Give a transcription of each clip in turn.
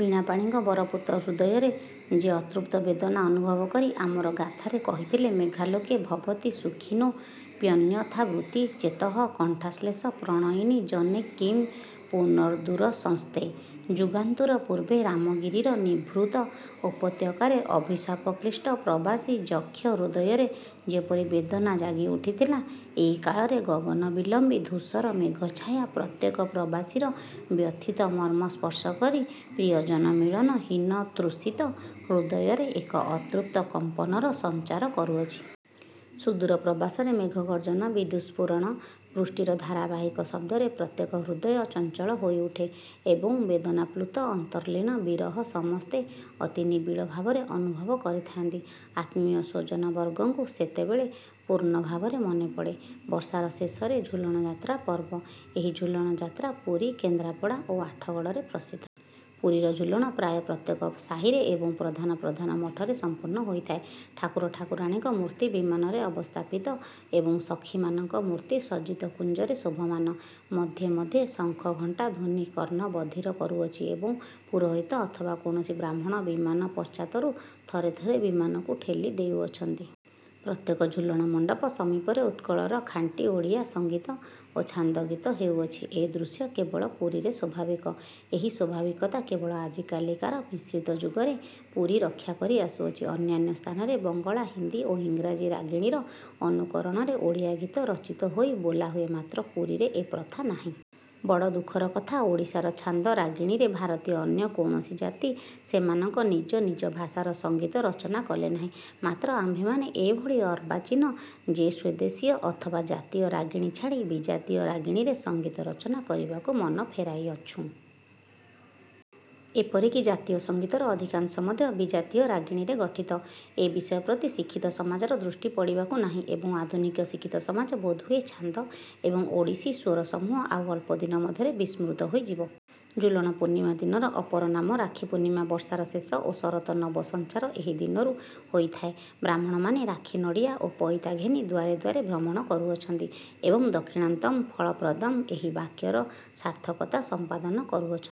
ବୀଣାପାଣିଙ୍କ ବରପୁତ୍ର ହୃଦୟରେ ଯେ ଅତୃପ୍ତ ବେଦନା ଅନୁଭବ କରି ଅମର ଗାଥାରେ କହିଥିଲେ ମେଘାଲୋକେ ଭବତି ସୁଖିନୋ ପ୍ୟନ୍ୟଥାବୃତ୍ତି ଚେତଃ କଣ୍ଠାଶ୍ଳେଷ ପ୍ରଣୟିନି ଜନେ କିଂ ପୁନର୍ଦୂରସଂସ୍ଥେ। ଯୁଗାନ୍ତର ପୂର୍ବେ ରାମଗିରିର ନିଭୃତ ଉପତ୍ୟକାରେ ଅଭିଶାପକ୍ଳିଷ୍ଟ ପ୍ରବାସୀ ଯକ୍ଷ ହୃଦୟରେ ଯେପରି ବେଦନା ଜାଗି ଉଠିଥିଲା, ଏ କାଳରେ ଗଗନବିଲମ୍ବୀ ଧୂସର ମେଘଚ୍ଛାୟା ପ୍ରତ୍ୟେକ ପ୍ରବାସିର ବ୍ୟଥିତ ମର୍ମ୍ମ ସ୍ପର୍ଶ କରି ପ୍ରିୟଜନମିଳନ ହୀନ ତୃଷିତ ହୃଦୟରେ ଏକ ଅତୃପ୍ତ କମ୍ପନର ସଞ୍ଚାର କରୁଅଛି। ସୁଦୂର ପ୍ରବାସରେ ମେଘଗର୍ଜନ, ବିଦ୍ୟୁତ୍ସ୍ଫରଣ, ବୃଷ୍ଟିର ଧାରାବାହିକ ଶବ୍ଦରେ ପ୍ରତ୍ୟେକ ହୃଦୟ ଚଞ୍ଚଳ ହୋଇ ଉଠେ ଏବଂ ବେଦନାପ୍ଳୁତ ଅନ୍ତର୍ଲୀନ ବିରହ ସମସ୍ତେ ଅତି ନିବିଡ଼ଭାବରେ ଅନୁଭବ କରିଥାନ୍ତି। ଆତ୍ମୀୟ ସ୍ୱଜନବର୍ଗଙ୍କୁ ସେତେବେଳେ ପୂର୍ଣ୍ଣଭାବରେ ମନେ ପଡ଼େ। ବର୍ଷାର ଶେଷରେ ଝୁଲଣ ଯାତ୍ରା ପର୍ବ। ଏହି ଝୁଲଣଯାତ୍ରା ପୁରୀ, କେନ୍ଦ୍ରାପଡ଼ା ଓ ଆଠଗଡ଼ରେ ପ୍ରସିଦ୍ଧ। ପୁରୀର ଝୁଲଣ ପ୍ରାୟ ପ୍ରତ୍ୟେକ ସାହୀରେ ଏବଂ ପ୍ରଧାନ ପ୍ରଧାନ ମଠରେ ସମ୍ପନ୍ନ ହୋଇଥାଏ। ଠାକୁର ଠାକୁରାଣୀଙ୍କ ମୂର୍ତ୍ତି ବିମାନରେ ଅବସ୍ଥାପିତ ଏବଂ ସଖୀମାନଙ୍କ ମୂର୍ତ୍ତି ସଜ୍ଜିତ କୁଞ୍ଜରେ ଶୋଭମାନ। ମଧ୍ୟେ ମଧ୍ୟେ ଶଙ୍ଖ ଘଣ୍ଟା ଧ୍ୱନି କର୍ଣ୍ଣ ବଧିର କରୁଅଛି ଏବଂ ପୁରୋହିତ ଅଥବା କୌଣସି ବ୍ରାହ୍ମଣ ବିମାନ ପଶ୍ଚାତରୁ ଥରେ ଥରେ ବିମାନକୁ ଠେଲି ଦେଉଅଛନ୍ତି। ପ୍ରତ୍ୟେକ ଝୁଲଣ ମଣ୍ଡପ ସମୀପରେ ଉତ୍କଳର ଖାଣ୍ଟି ଓଡ଼ିଆ ସଙ୍ଗୀତ ଓ ଛାନ୍ଦ ଗୀତ ହେଉଅଛି ଏ ଦୃଶ୍ୟ କେବଳ ପୁରୀରେ ସ୍ୱାଭାବିକ। ଏହି। ସ୍ୱାଭାବିକତା କେବଳ ଆଜିକାଲିକାର ମିଶ୍ରିତ ଯୁଗରେ ପୁରୀ ରକ୍ଷା କରି ଆସୁଅଛି, ଅନ୍ୟାନ୍ୟ ସ୍ଥାନରେ ବଙ୍ଗଳା ହିନ୍ଦୀ ଓ ଇଂରାଜୀ ରାଗିଣୀର ଅନୁକରଣରେ ଓଡ଼ିଆ ଗୀତ ରଚିତ ହୋଇ ବୋଲା ହୁଏ, ମାତ୍ର ପୁରୀରେ ଏ ପ୍ରଥା ନାହିଁ। ବଡ଼ ଦୁଃଖର କଥା ଓଡ଼ିଶାର ଛାନ୍ଦ ରାଗିଣୀରେ ଭାରତୀୟ ଅନ୍ୟ କୌଣସି ଜାତି ସେମାନଙ୍କ ନିଜ ନିଜ ଭାଷାର ସଙ୍ଗୀତ ରଚନା କଲେ ନାହିଁ, ମାତ୍ର ଆମ୍ଭେମାନେ ଏ ଭଳି ଅର୍ବାଚୀନ ଯେ ସ୍ୱଦେଶୀୟ ଅଥବା ଜାତୀୟ ରାଗିଣୀ ଛାଡ଼ି ବିଜାତୀୟ ରାଗିଣୀରେ ସଙ୍ଗୀତ ରଚନା କରିବାକୁ ମନ ଫେରାଇଅଛୁଁ। ଏପରି କି ଜାତୀୟ ସଙ୍ଗୀତର ଅଧିକାଂଶ ମଧ୍ୟ ବିଜାତୀୟ ରାଗିଣୀରେ ଗଠିତ। ଏ ବିଷୟ ପ୍ରତି ଶିକ୍ଷିତ ସମାଜର ଦୃଷ୍ଟି ପଡ଼ିବାକୁ ନାହିଁ ଏବଂ ଆଧୁନିକ ଶିକ୍ଷିତସମାଜ ବୋଧ ହୁଏ ଛାନ୍ଦ ଏବଂ ଓଡ଼ିଶୀ ସ୍ୱରସମୂହ ଆଉ ଅଳ୍ପ ଦିନ ମଧ୍ୟରେ ବିସ୍ମୃତ ହୋଇ ଯିବ। ଝୁଲଣ ପୂର୍ଣ୍ଣିମା ଦିନର ଅପର ନାମ ରାଖି ପୂର୍ଣ୍ଣିମା। ବର୍ଷାର ଶେଷ ଓ ଶରତ ନବ ସଞ୍ଚାର ଏହି ଦିନରୁ ହୋଇଥାଏ। ବ୍ରାହ୍ମଣମାନେ ରାଖି ନଡ଼ିଆ ଓ ପଇତା ଘେନି ଦ୍ୱାରେ ଦ୍ୱାରେ ଭ୍ରମଣ କରୁଅଛନ୍ତି ଏବଂ ଦକ୍ଷିଣାନ୍ତଂ ଫଳପ୍ରଦଂ ଏହି ବାକ୍ୟର ସାର୍ଥକତା ସମ୍ପାଦନ କରୁଅଛନ୍ତି।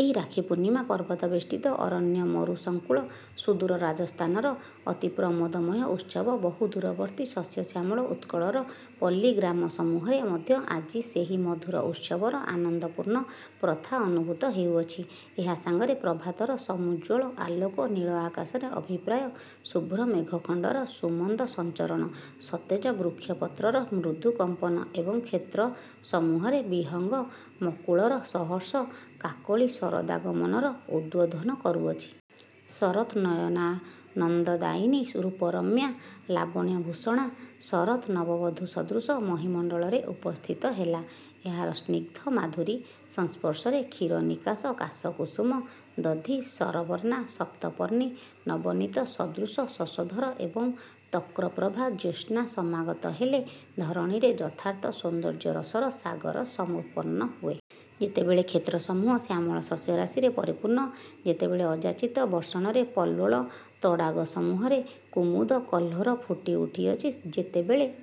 ଏହି ରାଖି ପୂର୍ଣ୍ଣିମା ପର୍ବତବେଷ୍ଟିତ ଅରଣ୍ୟମରୁସଙ୍କୁଳ ସୁଦୂର ରାଜସ୍ଥାନର ଅତି ପ୍ରମୋଦମୟ ଉତ୍ସବ ବହୁଦୂରବର୍ତ୍ତୀ ଶସ୍ୟଶ୍ୟାମଳ ଉତ୍କଳର ପଲ୍ଲୀଗ୍ରାମସମୂହରେ ମଧ୍ୟ ଆଜି ସେହି ମଧୁର ଉତ୍ସବର ଆନନ୍ଦପୂର୍ଣ୍ଣ ପ୍ରଥା ଅନୁଭୂତ ହେଉଅଛି। ଏହା ସାଙ୍ଗରେ ପ୍ରଭାତର ସମୂଜ୍ଜ୍ୱଳ ଆଲୋକ, ନୀଳ ଆକାଶରେ ଅଭିପ୍ରାୟ ଶୁଭ୍ର ମେଘଖଣ୍ଡର ସୁମନ୍ଦ ସଞ୍ଚରଣ, ସତେଜ ବୃକ୍ଷପତ୍ରର ମୃଦୁ କମ୍ପନ ଏବଂ କ୍ଷେତ୍ରସମୂହରେ ବିହଙ୍ଗମକୁଳର ସହର୍ଷ କାକଳୀ ଶରଦାଗମନର ଉଦ୍ବୋଧନ କରୁଅଛି। ଶରତ୍ ନୟନାନନ୍ଦଦାୟିନୀ ରୂପରମ୍ୟା, ଲାବଣ୍ୟଭୂଷଣା ଶରତ୍ ନବବଧୂ ସଦୃଶ ମହୀମଣ୍ଡଳରେ ଉପସ୍ଥିତ ହେଲା। ଏହାର ସ୍ନିଗ୍ଧ ମାଧୁରୀ ସଂସ୍ପର୍ଶରେ କ୍ଷୀରନିକାଶ କାଶକୁସୁମ ଦଧି ସରବର୍ଣ୍ଣା ସପ୍ତପର୍ଣ୍ଣୀ, ନବନୀତ ସଦୃଶ ଶଶଧର ଏବଂ ତକ୍ର ପ୍ରଭା ଜ୍ୟୋତ୍ସ୍ନା ସମାଗତ ହେଲେ ଧରଣୀରେ ଯଥାର୍ଥ ସୌନ୍ଦର୍ଯ୍ୟରସର ସାଗର ସମୁତ୍ପନ୍ନ ହୁଏ। ଯେତେବେଳେ କ୍ଷେତ୍ରସମୂହ ଶ୍ୟାମଳ ଶସ୍ୟରାଶିରେ ପରିପୂର୍ଣ୍ଣ, ଯେତେବେଳେ ଅଯାଚିତ ବର୍ଷଣରେ ପଲ୍ୱଳ ତଡ଼ାଗସମୂହରେ କୁମୁଦ କହ୍ଲୋର ଫୁଟି ଉଠିଅଛି ଯେତେବେଳେ